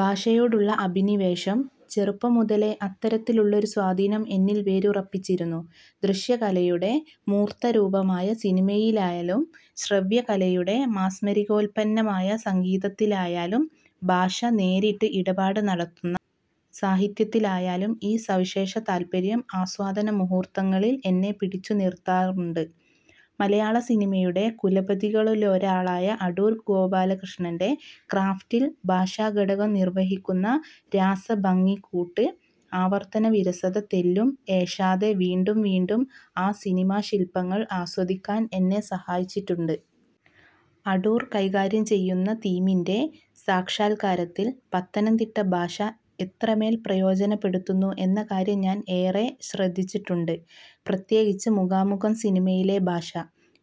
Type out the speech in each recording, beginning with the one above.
ഭാഷയോടുള്ള അഭിനിവേശം ചെറുപ്പം മുതലേ അത്തരത്തിലുള്ളൊരു സ്വാധീനം എന്നിൽ വേരുറപ്പിച്ചിരുന്നു. ദൃശ്യകലയുടെ മൂർത്തരൂപമായ സിനിമയിലായാലും ശ്രവ്യകലയുടെ മാസ്മരികോൽപ്പന്നമായ സംഗീതത്തിലായാലും ഭാഷ നേരിട്ട് ഇടപാട് നടത്തുന്ന സാഹിത്യത്തിലായാലും ഈ സവിശേഷതാൽപ്പര്യം ആസ്വാദനമുഹൂർത്തങ്ങളിൽ എന്നെ പിടിച്ചു നിർത്താറുണ്ട്. മലയാളസിനിമയുടെ കുലപതികളിലൊരാളായ അടൂർ ഗോപാലകൃഷ്ണന്റെ ക്രാഫ്റ്റിൽ ഭാഷാഘടകം നിർവഹിക്കുന്ന രാസഭംഗിക്കൂട്ട് ആവർത്തനവിരസത തെല്ലും ഏശാതെ വീണ്ടും വീണ്ടും ആ സിനിമാശിൽപ്പങ്ങൾ ആസ്വദിക്കാൻ എന്നെ സഹായിച്ചിട്ടുണ്ട്. അടൂർ കൈകാര്യം ചെയ്യുന്ന തീമിൻറെ സാക്ഷാൽക്കാരത്തിൽ പത്തനംതിട്ട ഭാഷ എത്രമേൽ പ്രയോജനപ്പെടുത്തുന്നു എന്ന കാര്യം ഞാൻ ഏറെ ശ്രദ്ധിച്ചിട്ടുണ്ട്. പ്രത്യേകിച്ച് മുഖാമുഖം സിനിമയിലെ ഭാഷ.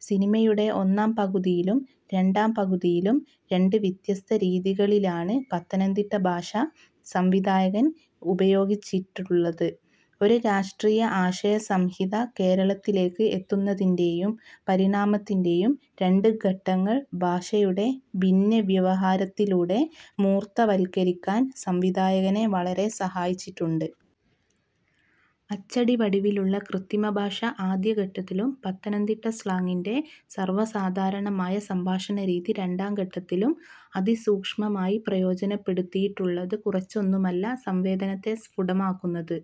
സിനിമയുടെ ഒന്നാം പകുതിയിലും രണ്ടാം പകുതിയിലും രണ്ട് വ്യത്യസ്ത രീതികളിലാണ് പത്തനംതിട്ട ഭാഷ സംവിധായകൻ ഉപയോഗിച്ചിട്ടുള്ളത്. ഒരു രാഷ്ട്രീയ ആശയസംഹിത കേരളത്തിലേക്ക് എത്തുന്നതിന്റെയും പരിണാമത്തിന്റെയും രണ്ട് ഘട്ടങ്ങൾ ഭാഷയുടെ ഭിന്നവ്യവഹാരത്തിലൂടെ മൂർത്തവൽക്കരിക്കാൻ സംവിധായകനെ വളരെ സഹായിച്ചിട്ടുണ്ട്. അച്ചടിവടിവിലുള്ള കൃത്രിമഭാഷ ആദ്യഘട്ടത്തിലും പത്തനംതിട്ട സ്ലാങ്ങിൻറെ സർവസാധാരണമായ സംഭാഷണരീതി രണ്ടാം ഘട്ടത്തിലും അതിസൂക്ഷ്മമായി പ്രയോജനപ്പെടുത്തിയിട്ടുള്ളത് കുറച്ചൊന്നുമല്ല സംവേദനത്തെ സ്ഫുടമാക്കുന്നത്.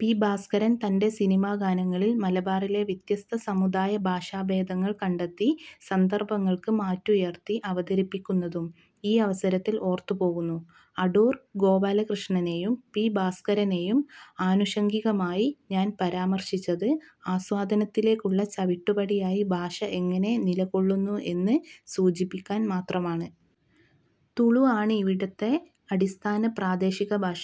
പി. ഭാസ്കരൻ തന്റെ സിനിമാഗാനങ്ങളിൽ മലബാറിലെ വ്യത്യസ്ത സമുദായഭാഷാഭേദങ്ങൾ കണ്ടെത്തി സന്ദർഭങ്ങൾക്ക് മാറ്റുയർത്തി അവതരിപ്പിക്കുന്നതും ഈയവസരത്തിൽ ഓർത്തുപോകുന്നു. അടൂർ ഗോപാലകൃഷ്ണനെയും പി. ഭാസ്കരനെയും ആനുഷംഗികമായി ഞാൻ പരാമർശിച്ചത് ആസ്വാദനത്തിലേക്കുള്ള ചവിട്ടുപടിയായി ഭാഷ എങ്ങനെ നിലകൊള്ളുന്നു എന്ന് സൂചിപ്പിക്കാൻ മാത്രമാണ്. തുളു ആണ് ഇവിടത്തെ അടിസ്ഥാന പ്രാദേശികഭാഷ.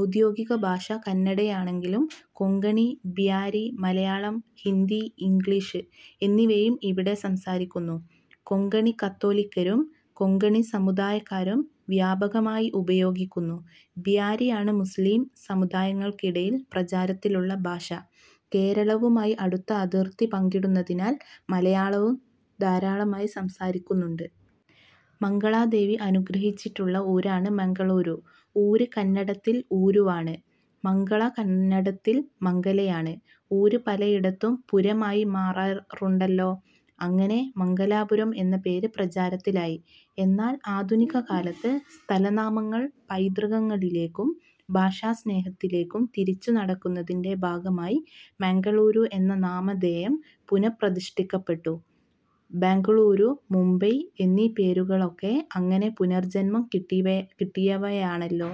ഔദ്യോഗികഭാഷ കന്നഡയാണെങ്കിലും കൊങ്കണി, ബ്യാരി, മലയാളം, ഹിന്ദി, ഇംഗ്ലീഷ് എന്നിവയും ഇവിടെ സംസാരിക്കുന്നു. കൊങ്കണി കത്തോലിക്കരും കൊങ്കണി സമുദായക്കാരും വ്യാപകമായി ഉപയോഗിക്കുന്നു. ബ്യാരിയാണ് മുസ്ലിം സമുദായങ്ങൾക്കിടയിൽ പ്രചാരത്തിലുള്ള ഭാഷ. കേരളവുമായി അടുത്ത അതിർത്തി പങ്കിടുന്നതിനാൽ മലയാളവും ധാരാളമായി സംസാരിക്കുന്നുണ്ട്. മംഗളാദേവി അനുഗ്രഹിച്ചിട്ടുള്ള ഊരാണ് മംഗളൂരു. ഊര് കന്നഡത്തിൽ 'ഊരു'വാണ്. മംഗള കന്നഡത്തിൽ മംഗലയാണ്. ഊര് പലയിടത്തും പുരമായി മാറാറുണ്ടല്ലോ. അങ്ങനെ മംഗലാപുരം എന്ന പേര് പ്രചാരത്തിലായി. എന്നാൽ ആധുനികകാലത്ത് സ്ഥലനാമങ്ങൾ പൈതൃകങ്ങളിലേക്കും ഭാഷാസ്നേഹത്തിലേക്കും തിരിച്ചുനടക്കുന്നതിന്റെ ഭാഗമായി മംഗളൂരു എന്ന നാമധേയം പുന:പ്രതിഷ്ഠിക്കപ്പെട്ടു. ബംഗളൂരു, മുംബൈ എന്നീ പേരുകളൊക്കെ അങ്ങനെ പുനർജന്മം കിട്ടിയവയാണല്ലോ.